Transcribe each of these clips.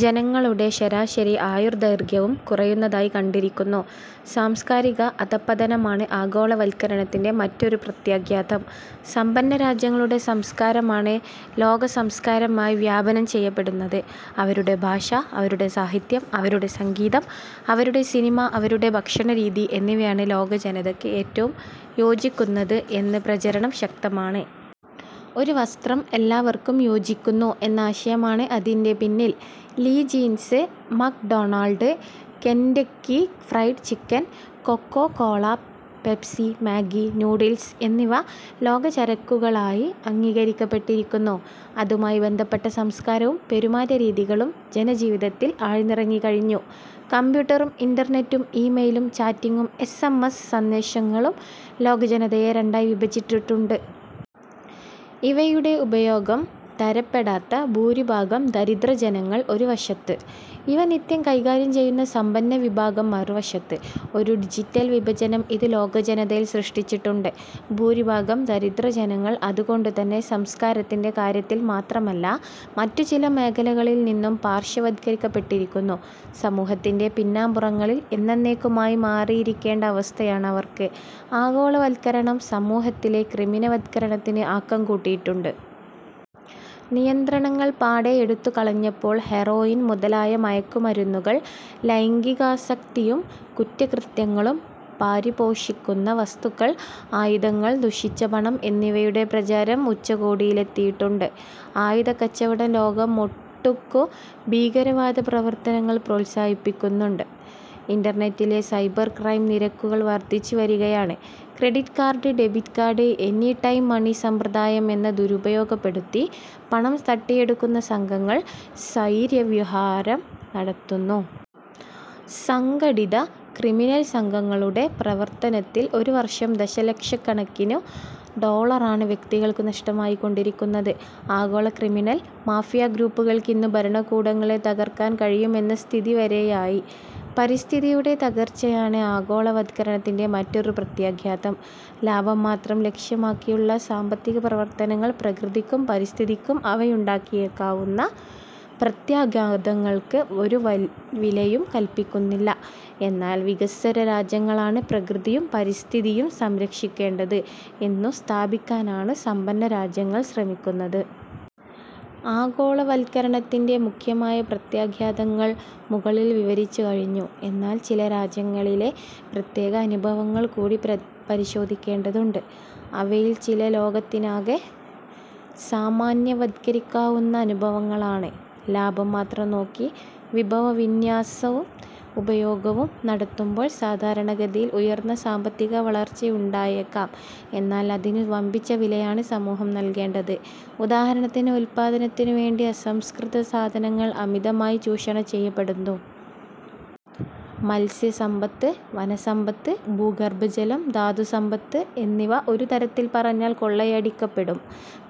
ജനങ്ങളുടെ ശ. ശ. ആയുർദൈർഘ്യവും കുറയുന്നതായി കണ്ടിരിക്കുന്നു. സാംസ്കാരിക അധഃപതനമാണ് ആഗോളവത്കരണത്തിന്റെ മറ്റൊരു പ്രത്യാഘാതം. സമ്പന്നരാജ്യങ്ങളുടെ സംസ്കാരമാണ് ലോകസംസ്കാരമായി വ്യാപനം ചെയ്യപ്പെടുന്നത്. അവരുടെ ഭാഷ, അവരുടെ സാഹിത്യം, അവരുടെ സംഗീതം, അവരുടെ സിനിമ, അവരുടെ ഭക്ഷണരീതി എന്നിവയാണ് ലോകജനതയ്ക്ക് ഏറ്റവും യോജിക്കുന്നത് എന്ന പ്രചരണം ശക്തമാണ്. "ഒരു വസ്ത്രം എല്ലാവർക്കും യോജിക്കുന്നു എന്ന ആശയമാണ് അതിന്റെ പിന്നിൽ. Lee Jeans, McDonald's, Kentucky Fried chicken, Coca Cola, Pepsi, Maggi noodles എന്നിവ ലോകചരക്കുകളായി അംഗീകരിക്കപ്പെട്ടിരിക്കുന്നു. അതുമായി ബന്ധപ്പെട്ട സംസ്കാരവും പെരുമാറ്റരീതികളും ജനജീവിതത്തിൽ ആഴ്ന്നിറങ്ങിക്കഴിഞ്ഞു. കംപ്യൂട്ടറും, ഇന്റർനെറ്റും, ഇ-മെയിലും, ചാറ്റിങ്ങും, എസ്. എം. എസ്. സന്ദേശങ്ങളും ലോകജനതയെ രണ്ടായി വിഭജിച്ചിട്ടുണ്ട്. ഇവയുടെ ഉപയോഗം തരപ്പെടാത്ത ഭൂരിഭാഗം ദരിദ്രജനങ്ങൾ ഒരുവശത്ത്, ഇവ നിത്യം കൈകാര്യം ചെയ്യുന്ന സമ്പന്നവിഭാഗം മറുവശത്ത്. ഒരു ഡിജിറ്റൽ വിഭജനം ഇത് ലോകജനതയിൽ സൃഷ്ടിച്ചിട്ടുണ്ട്. ഭൂരിഭാഗം ദരിദ്രജനങ്ങൾ അതുകൊണ്ടുതന്നെ സംസ്ക്കാരത്തിന്റെ കാര്യത്തിൽ മാത്രമല്ല, മറ്റുചില മേഖലകളിൽനിന്നും പാർശ്വവത്കരിക്കപ്പെട്ടിരിക്കുന്നു. സമൂഹത്തിന്റെ പിന്നാംപുറങ്ങളിൽ എന്നെന്നേക്കുമായി മാറിയിരിക്കേണ്ട അവസ്ഥയാണവർക്ക്. ആഗോളവത്കരണം സമൂഹത്തിലെ ക്രിമിനൽവത്കരണത്തിന് ആക്കംകൂട്ടിയിട്ടുണ്ട്. നിയന്ത്രണങ്ങൾ പാടെയെടുത്തു കളഞ്ഞപ്പോൾ ഹെറോയിൻ മുതലായ മയക്കുമരുന്നുകൾ, ലൈംഗികാസക്തിയും കുറ്റകൃത്യങ്ങളും പരിപോഷിപ്പിക്കുന്ന വസ്തുക്കൾ, ആയുധങ്ങൾ, ദുഷിച്ച പണം എന്നിവയുടെ പ്രചാരം ഉച്ചകോടിലെത്തിയിട്ടുണ്ട്. ആയുധക്കച്ചവടം ലോകമൊട്ടുക്കു ഭീകരവാദപ്രവർത്തനങ്ങൾ പ്രോത്സാഹിപ്പിക്കുന്നുണ്ട്. ഇന്റർനെറ്റിലെ സൈബർക്രൈം നിരക്കുകൾ വർധിച്ചുവരികയാണ്. Credit card, debit card, anytime മണിസമ്പ്രദായം എന്നിവ ദുരുപയോഗപ്പെടുത്തി പണം തട്ടിയെടുക്കുന്ന സംഘങ്ങൾ സ്വൈരവിഹാരം നടത്തുന്നു. സംഘടിത ക്രിമിനൽസംഘങ്ങളുടെ പ്രവർത്തനത്തിൽ ഒരുവർഷം ദശലക്ഷക്കണക്കിനു ഡോളറാണ് വ്യക്തികൾക്കു നഷ്ടമായിക്കൊണ്ടിരിക്കുന്നത്. ആഗോളക്രിമിനൽ മാഫിയഗ്രൂപ്പുകൾക്കിന്നു ഭരണകൂടങ്ങളെ തകർക്കാൻ കഴിയും എന്ന സ്ഥിതിവരെയായി. പരിസ്ഥിതിയുടെ തകർച്ചയാണ് ആഗോളവത്കരണത്തിന്റെ മറ്റൊരു പ്രത്യാഘാതം. ലാഭം മാത്രം ലക്ഷ്യമാക്കിയുള്ള സാമ്പത്തികപ്രവർത്തനങ്ങൾ പ്രകൃതിക്കും പരിസ്ഥിതിക്കും അവയുണ്ടാക്കിയേക്കാവുന്ന പ്രത്യാഘാതങ്ങൾക്ക് ഒരു വിലയും കല്പിക്കുന്നില്ല. എന്നാൽ വികസ്വരരാജ്യങ്ങളാണു പ്രകൃതിയും പരിസ്ഥിതിയും സംരക്ഷിക്കേണ്ടത് എന്നു സ്ഥാപിക്കാനാണു സമ്പന്നരാജ്യങ്ങൾ ശ്രമിക്കുന്നത്. ആഗോളവത്കരണത്തിന്റെ മുഖ്യമായ പ്രത്യാഘാതങ്ങൾ മുകളിൽ വിവരിച്ചുകഴിഞ്ഞു. എന്നാൽ ചില രാജ്യങ്ങളിലെ പ്രത്യേക അനുഭവങ്ങൾകൂടി പരിശോധിക്കേണ്ടതുണ്ട്. അവയിൽ ചിലതു ലോകത്തിനാകെ സാമാന്യവത്കരിക്കാനാവുന്ന അനുഭവങ്ങളാണ്. ലാഭം മാത്രം നോക്കി വിഭവവിന്യാസവും ഉപയോഗവും നടത്തുമ്പോൾ സാധാരണഗതിയിൽ ഉയർന്ന സാമ്പത്തികവളർച്ചയുണ്ടായേക്കാം. എന്നാൽ അതിനു വമ്പിച്ച വിലയാണ് സമൂഹം നൽകേണ്ടത്. ഉദാഹരണത്തിന് ഉത്പാദനത്തിനുവേണ്ടി അസംസ്കൃത സാധനങ്ങൾ അമിതമായി ചൂഷണം ചെയ്യപ്പെടുന്നു. മത്സ്യസമ്പത്ത്, വനസമ്പത്ത്, ഭൂഗർഭജലം, ധാതുസമ്പത്ത് എന്നിവ ഒരു തരത്തിൽ പറഞ്ഞാൽ കൊള്ളയടിക്കപ്പെടും.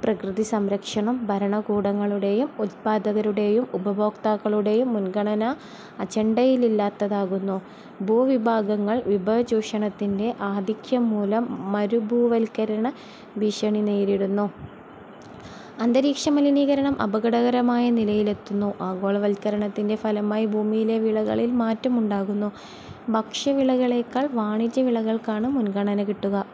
പ്രകൃതിസംരക്ഷണം ഭരണകൂടങ്ങളുടെയും ഉത്പാദകരുടെയും ഉപഭോക്താക്കളുടെയും മുൻഗണനാ അജൻഡയിലില്ലാതാകുന്നു. ഭൂവിഭാഗങ്ങൾ വിഭവചൂഷണത്തിന്റെ ആധിക്യംമൂലം മരുഭൂവൽക്കരണ ഭീഷണി നേരിടുന്നു. അന്തരീക്ഷമലനീകരണം അപകടകരമായ നിലയിലെത്തുന്നു. ആഗോളവത്കരണത്തിന്റെ ഫലമായി ഭൂമിയിലെ വിളകളിൽ മാറ്റം ഉണ്ടാകുന്നു. ഭക്ഷ്യവിളകളെക്കാൾ വാണിജ്യവിളകൾക്കാണ് മുൻഗണന കിട്ടുക.